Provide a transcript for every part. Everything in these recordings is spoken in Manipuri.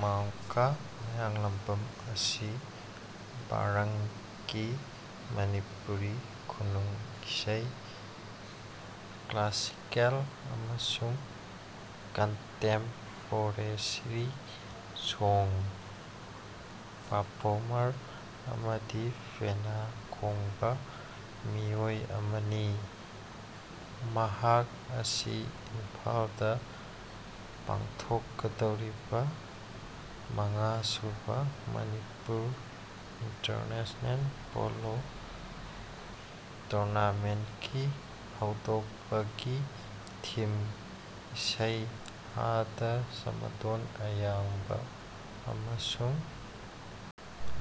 ꯃꯥꯡꯀꯥ ꯃꯥꯌꯥꯡꯂꯝꯕꯥꯝ ꯑꯁꯤ ꯚꯥꯔꯡꯀꯤ ꯃꯅꯤꯄꯨꯔꯤ ꯈꯨꯅꯨꯡ ꯏꯁꯩ ꯀ꯭ꯂꯥꯁꯤꯀꯦꯜ ꯑꯃꯁꯨꯡ ꯀꯟꯇꯦꯝꯄꯣꯔꯦꯔꯤ ꯁꯣꯡ ꯄꯔꯐꯣꯔꯃꯔ ꯑꯃꯗꯤ ꯄꯦꯅꯥ ꯈꯣꯡꯕ ꯃꯤꯑꯣꯏ ꯑꯃꯅꯤ꯫ ꯃꯍꯥꯛ ꯑꯁꯤ ꯏꯝꯐꯥꯜꯗꯥ ꯄꯥꯡꯊꯣꯛꯀꯗꯧꯔꯤꯕꯥ ꯃꯉꯥꯁꯨꯕꯥ ꯃꯅꯤꯄꯨꯔ ꯏꯟꯇꯔꯅꯦꯁ꯭ꯅꯦꯜ ꯄꯣꯂꯣ ꯇꯨꯔꯅꯥꯃꯦꯟꯠꯀꯤ ꯍꯧꯗꯣꯛꯄꯒꯤ ꯊꯤꯝ ꯏꯁꯩ ꯍꯥꯗꯥ ꯁꯃꯥꯗꯣꯟ ꯑꯌꯥꯡꯕꯥ ꯑꯃꯁꯨꯡ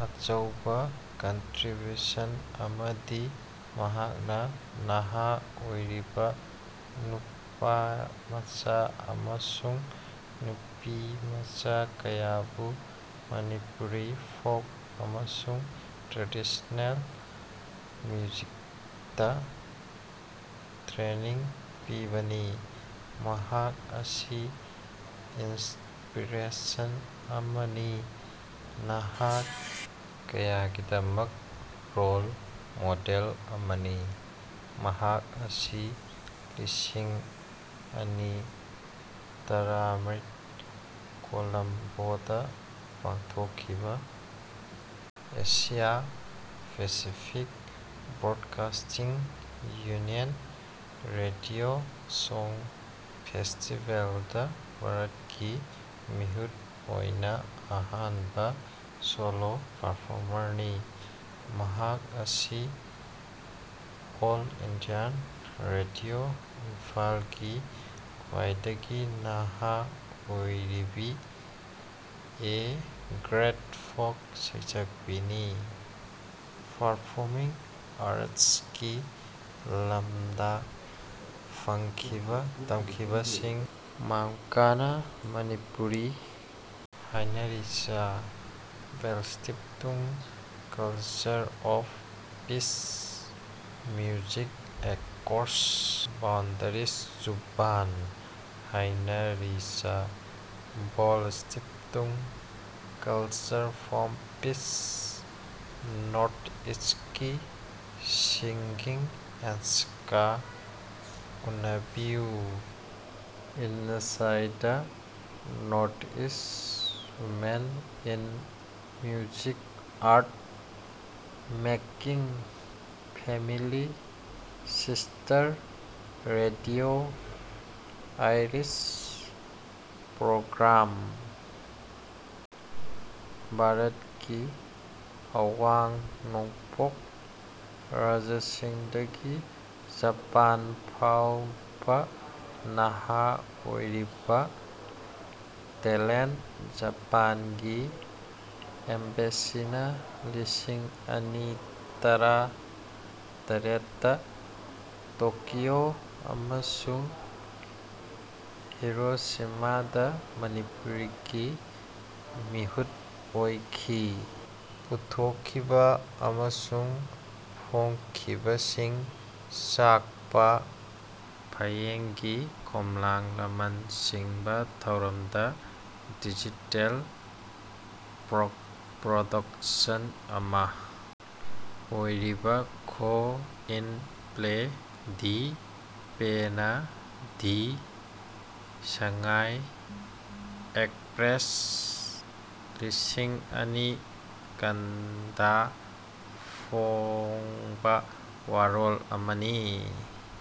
ꯑꯆꯧꯕ ꯀꯟꯇ꯭ꯔꯤꯕ꯭ꯌꯨꯁꯟ ꯑꯃꯗꯤ ꯃꯍꯥꯛꯅꯥ ꯅꯍꯥ ꯑꯣꯏꯔꯤꯕꯥ ꯅꯨꯄꯥꯃꯆꯥ ꯑꯃꯁꯨꯡ ꯅꯨꯄꯤꯃꯆꯥ ꯀꯌꯥꯕꯨ ꯃꯅꯤꯄꯨꯔꯤ ꯐꯣꯛ ꯑꯃꯁꯨꯡ ꯇ꯭ꯔꯦꯗꯤꯁ꯭ꯅꯦꯜ ꯃ꯭ꯌꯨꯖꯤꯛꯇꯥ ꯇ꯭ꯔꯦꯅꯤꯡ ꯄꯤꯕꯅꯤ꯫ ꯃꯍꯥꯛ ꯑꯁꯤ ꯏꯟꯁꯄꯤꯔꯦꯁꯟ ꯑꯃꯅꯤ ꯅꯍꯥ ꯀꯌꯥꯒꯤꯗꯃꯛ ꯔꯣꯜ ꯃꯣꯗꯦꯜ ꯑꯃꯅꯤ꯫ ꯃꯍꯥꯛ ꯑꯁꯤ ꯂꯤꯁꯤꯡ ꯑꯅꯤ ꯇꯔꯥꯃꯔꯤꯗ ꯀꯣꯂꯝꯕꯣꯗꯥ ꯄꯥꯡꯊꯣꯛꯈꯤꯕꯥ Asia Pacific broadcasting union radio song ꯐꯦꯁꯇꯤꯕꯦꯜꯗꯥ ꯚꯥꯔꯠꯀꯤ ꯃꯤꯍꯨꯠ ꯑꯣꯏꯅꯥ ꯑꯍꯥꯟꯕꯥ ꯁꯣꯂꯣ ꯄꯔꯐꯣꯔꯃꯔꯅꯤ꯫ ꯃꯍꯥꯛ ꯑꯁꯤ ꯑꯣꯜ ꯏꯟꯗꯤꯌꯥ ꯔꯦꯗꯤꯑꯣ ꯏꯝꯐꯥꯜꯒꯤ ꯈ꯭ꯋꯥꯏꯗꯒꯤ ꯅꯍꯥ ꯑꯣꯏꯔꯤꯕꯥ ꯑꯦ ꯒ꯭ꯔꯦꯗ ꯐꯣꯛ ꯁꯩꯁꯛꯄꯤꯅꯤ꯫ ꯄꯔꯐꯣꯃꯤꯡ ꯑꯥꯔꯠꯁꯀꯤ ꯂꯝꯗꯥ ꯐꯪꯈꯤꯕꯥ ꯇꯝꯈꯤꯕꯁꯤꯡ ꯃꯥꯡꯀꯥꯅꯥ Manipuri Heinrich Böll Stiftung culture of peace music across boundaries Zubaan Heinrich Böll Stiftung culture of peace north ꯏꯁ꯭ꯇꯀꯤ ꯁꯤꯡꯒꯤꯡ ꯁꯦꯟꯁꯁꯀꯥ ꯎꯅꯕꯤꯌꯨ inside northeast women in music art making family sister radio Iris program ꯚꯥꯔꯠꯀꯤ ꯑꯋꯥꯡ ꯅꯣꯡꯄꯣꯛ ꯔꯥꯖ꯭ꯌꯁꯤꯡꯗꯒꯤ ꯖꯄꯥꯟ ꯐꯥꯎꯕꯥ ꯅꯍꯥ ꯑꯣꯏꯔꯤꯕꯥ ꯇꯦꯂꯦꯟꯠ ꯖꯄꯥꯟꯒꯤ ꯑꯦꯝꯕꯦꯁꯤꯅꯥ ꯂꯤꯁꯤꯡ ꯑꯅꯤ ꯇꯔꯥ ꯇꯔꯦꯠꯇꯥ ꯇꯣꯀꯤꯑꯣ ꯑꯃꯁꯨꯡ ꯍꯤꯔꯣꯁꯤꯃꯥꯗꯥ ꯃꯅꯤꯄꯨꯔꯒꯤ ꯃꯤꯍꯨꯠ ꯑꯣꯏꯈꯤ꯫ ꯄꯨꯊꯣꯛꯈꯤꯕ ꯑꯃꯁꯨꯡ ꯐꯣꯡꯈꯤꯕꯁꯤꯡ ꯆꯛꯄꯥ ꯐꯥꯌꯦꯡꯒꯤ ꯈꯣꯝꯂꯥꯡ ꯂꯃꯟ ꯁꯤꯡꯕꯥ ꯊꯧꯔꯝꯗꯥ ꯗꯤꯖꯤꯇꯦꯜ ꯄ꯭ꯔꯣꯗꯛꯁꯟ ꯑꯃꯥ ꯑꯣꯏꯔꯤꯕꯥ ꯈꯣ ꯏꯟ ꯄ꯭ꯂꯦ ꯗꯤ ꯄꯦꯅꯥ ꯗꯤ ꯁꯉꯥꯏ ꯑꯦꯛꯁꯄ꯭ꯔꯦꯁ ꯂꯤꯁꯤꯡ ꯑꯅꯤ ꯀꯨꯟꯗꯥ ꯐꯣꯡꯕꯥ ꯋꯥꯔꯣꯜ ꯑꯃꯅꯤ꯫